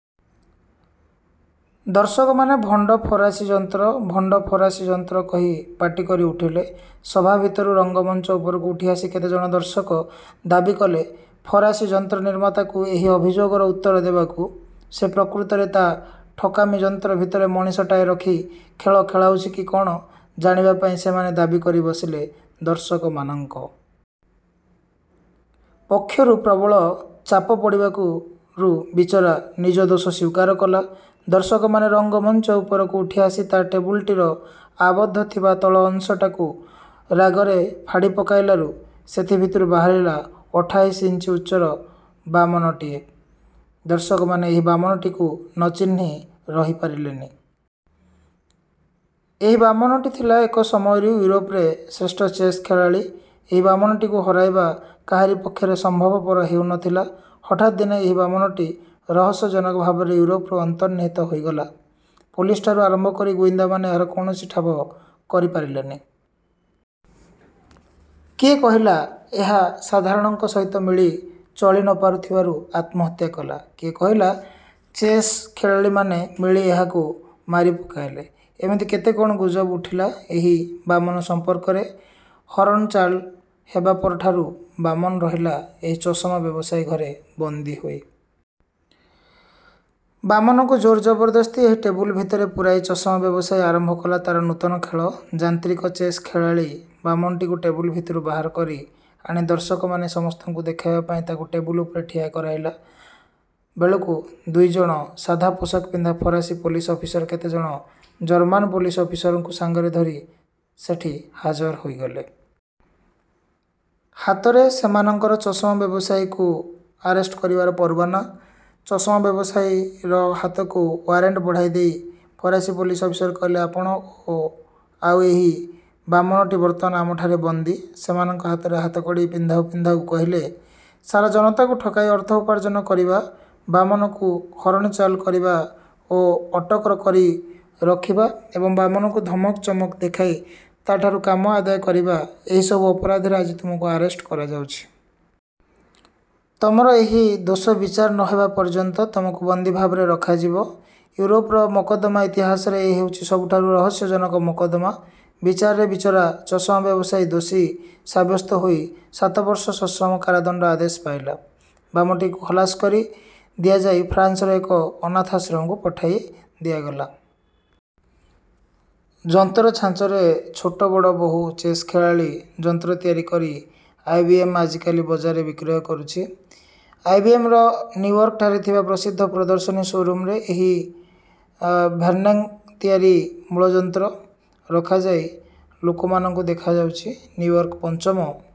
ଦର୍ଶକମାନେ ଭଣ୍ଡ ଫରାସୀ ଯନ୍ତ୍ର, ଭଣ୍ଡ ଫରାସୀ ଯନ୍ତ୍ର କହି ପାଟି କରି ଉଠିଲେ। ସଭା ଭିତରୁ ରଙ୍ଗମଞ୍ଚ ଉପରକୁ ଉଠି ଆସି କେତେଜଣ ଦର୍ଶକ ଦାବି କଲେ ଫରାସୀ ଯନ୍ତ୍ରନିର୍ମାତାକୁ ଏହି ଅଭିଯୋଗର ଉତ୍ତର ଦେବାକୁ। ସେ ପ୍ରକୃତରେ ତା ଠକାମି ଯନ୍ତ୍ର ଭିତରେ ମଣିଷଟାଏ ରଖି ଖେଳ ଖେଳାଉଛି କି କଅଣ ଜାଣିବା ପାଇଁ ସେମାନେ ଦାବି କରି ବସିଲେ। ଦର୍ଶକମାନଙ୍କ ପକ୍ଷରୁ ପ୍ରବଳ ଚାପ ପଡ଼ିବାକୁରୁ ବିଚରା ନିଜ ଦୋଷ ସ୍ୱୀକାର କଲା। ଦର୍ଶକମାନେ ରଙ୍ଗମଞ୍ଚ ଉପରକୁ ଉଠି ଆସି ତା ଟେବୁଲଟିର ଆବଦ୍ଧ ଥିବା ତଳ ଅଂଶଟାକୁ ରାଗରେ ଫାଡ଼ି ପକାଇଲାରୁ ସେଥି ଭିତରୁ ବାହାରିଲା ଅଠାଇଶ ଇଞ୍ଚ ଉଚ୍ଚର ବାମନଟିଏ। ଦର୍ଶକମାନେ ଏହି ବାମନଟିକୁ ନ ଚିହ୍ନି ରହି ପାରିଲେନି। ଏହି ବାମନଟି ଥିଲା ଏକ ସମୟରେ ୟୁରୋପରେ ଶ୍ରେଷ୍ଠ ଚେସ୍ ଖେଳାଳୀ। ଏହି ବାମନଟିକୁ ହରାଇବା କାହାରି ପକ୍ଷରେ ସମ୍ଭବପର ହେଉ ନ ଥିଲା। ହଠାତ୍ ଦିନେ ଏହି ବାମନଟି ରହସ୍ୟଜନକ ଭାବରେ ଇଉରୋପରୁ ଅନ୍ତର୍ହିତ ହୋଇଗଲା। ପୋଲିସଠାରୁ ଆରମ୍ଭକରି ଗୋଇନ୍ଦାମାନେ ଏହାର କୌଣସି ଠାବ କରିପାରିଲେନି। କିଏ କହିଲା, ଏହା ସାଧାରଣଙ୍କ ସହିତ ମିଳି ଚଳି ନ ପାରୁଥିବାରୁ ଆତ୍ମହତ୍ୟା କଲା। କିଏ କହିଲା, ଚେସ୍ ଖେଳାଳୀମାନେ ମିଳି ଏହାକୁ ମାରିପକାଇଲେ। ଏମିତି କେତେ କଣ ଗୁଜବ ଉଠିଲା ଏହି ବାମନ ସମ୍ପର୍କରେ। ହରଣଚାଳ ହେବା ପରଠାରୁ ବାମନ ରହିଲା ଏହି ଚଷମା ବ୍ୟବସାୟୀ ଘରେ ବନ୍ଦୀ ହୋଇ। ବାମନକୁ ଜୋର ଜବରଦସ୍ତି ଏହି ଟେବୁଲ ଭିତରେ ପୂରାଇ ଚଷମା ବ୍ୟବସାୟୀ ଆରମ୍ଭ କଲା ତା'ର ନୂତନ ଖେଳ, ଯାନ୍ତ୍ରିକ ଚେସ୍ ଖେଳାଳୀବାମନଟିକୁ ଟେବୁଲ ଭିତରୁ ବାହାର କରି ଆଣି ଦର୍ଶକମାନେ ସମସ୍ତଙ୍କୁ ଦେଖାଇବା ପାଇଁ ତାକୁ ଟେବୁଲ ଉପରେ ଠିଆ କରାଇଲା ବେଳକୁ ଦୁଇଜଣ ସାଦା ପୋଷାକ ପିନ୍ଧା ଫରାସୀ ପୋଲିସ ଅଫିସର କେତେଜଣ ଜର୍ମାନ୍ ପୋଲିସ ଅଫିସରଙ୍କୁ ସଙ୍ଗରେ ଧରି ସେଠି ହାଜର ହୋଇଗଲେ। ହାତରେ ସେମାନଙ୍କର ଚଷମା ବ୍ୟବସାୟୀକୁ ଆରେଷ୍ଟ କରିବାର ପରୱାନା। ଚଷମା ବ୍ୟବସାୟୀର ହାତକୁ ୱାରେଣ୍ଟ ବଢ଼ାଇ ଦେଇ ଫରାସୀ ପୋଲିସ ଅଫିସର କହିଲେ, ଆପଣ ଓ ଆଉ ଏହି ବାମନଟି ବର୍ତ୍ତମାନ ଆମ ଠାରେ ବନ୍ଦୀ ସେମାନଙ୍କ ହାତରେ ହାତକଡ଼ି ପିନ୍ଧାଉ ପିନ୍ଧାଉ କହିଲେ, ସାରା ଜନତାକୁ ଠକାଇ ଅର୍ଥ ଉପାର୍ଜନ କରିବା, ବାମନକୁ ହରଣଚାଳ କରିବା ଓ ଅଟକ କରି ରଖିବା ଏବଂ ବାମନକୁ ଧମକ ଚମକ ଦେଖାଇ ତା'ଠାରୁ କାମ ଆଦାୟ କରିବା ଏହି ସବୁ ଅପରାଧରେ ଆଜି ତୁମକୁ ଆରେଷ୍ଟ କରାଯାଉଛି। ତମର ଏହି ଦୋଷବିଚାର ନ ହେବା ପର୍ଯ୍ୟନ୍ତ ତୁମକୁ ବନ୍ଦୀଭାବରେ ରଖାଯିବ। ଇଉରୋପର ମୋକଦ୍ଦମା ଇତିହାସରେ ଏ ହେଉଛି ସବୁଠାରୁ ରହସ୍ୟଜନକ ମୋକଦ୍ଦମା। ବିଚାରରେ ବିଚରା ଚଷମା ବ୍ୟବସାୟୀ ଦୋଷୀ ସାବ୍ୟସ୍ତ ହୋଇ ସାତ ବର୍ଷ ସଶ୍ରମ କାରାଦଣ୍ଡର ଆଦେଶ ପାଇଲା। ବାମନଟିକୁ ଖଲାସ କରି ଦିଆଯାଇ ଫ୍ରାନ୍ସର ଏକ ଅନାଥାଶ୍ରମକୁ ପଠାଇ ଦିଆଗଲା। ଯନ୍ତ୍ର ଛାଞ୍ଚରେ ଛୋଟ ବଡ଼ ବହୁ ଚେସ୍ ଖେଳାଳୀ ଯନ୍ତ୍ର ତିଆରି କରି ଆଇ. ବି. ଏମ୍. ଆଜିକାଲି ବଜାରରେ ବିକ୍ରୟ କରୁଛି। ଆଇ. ବି. ଏମ୍.ର ନିଉୟର୍କ ଠାରେ ଥିବା ପ୍ରସିଦ୍ଧ ପ୍ରଦର୍ଶନୀ ଶୋ'ରୁମରେ ଏହି ଭେର୍ନନ୍ଙ୍କ ତିଆରି ମୂଳ ଯନ୍ତ୍ର ରଖାଯାଇ ଲୋକମାନଙ୍କୁ ଦେଖାଯାଉଛି। ନିଉୟର୍କ ପଞ୍ଚମ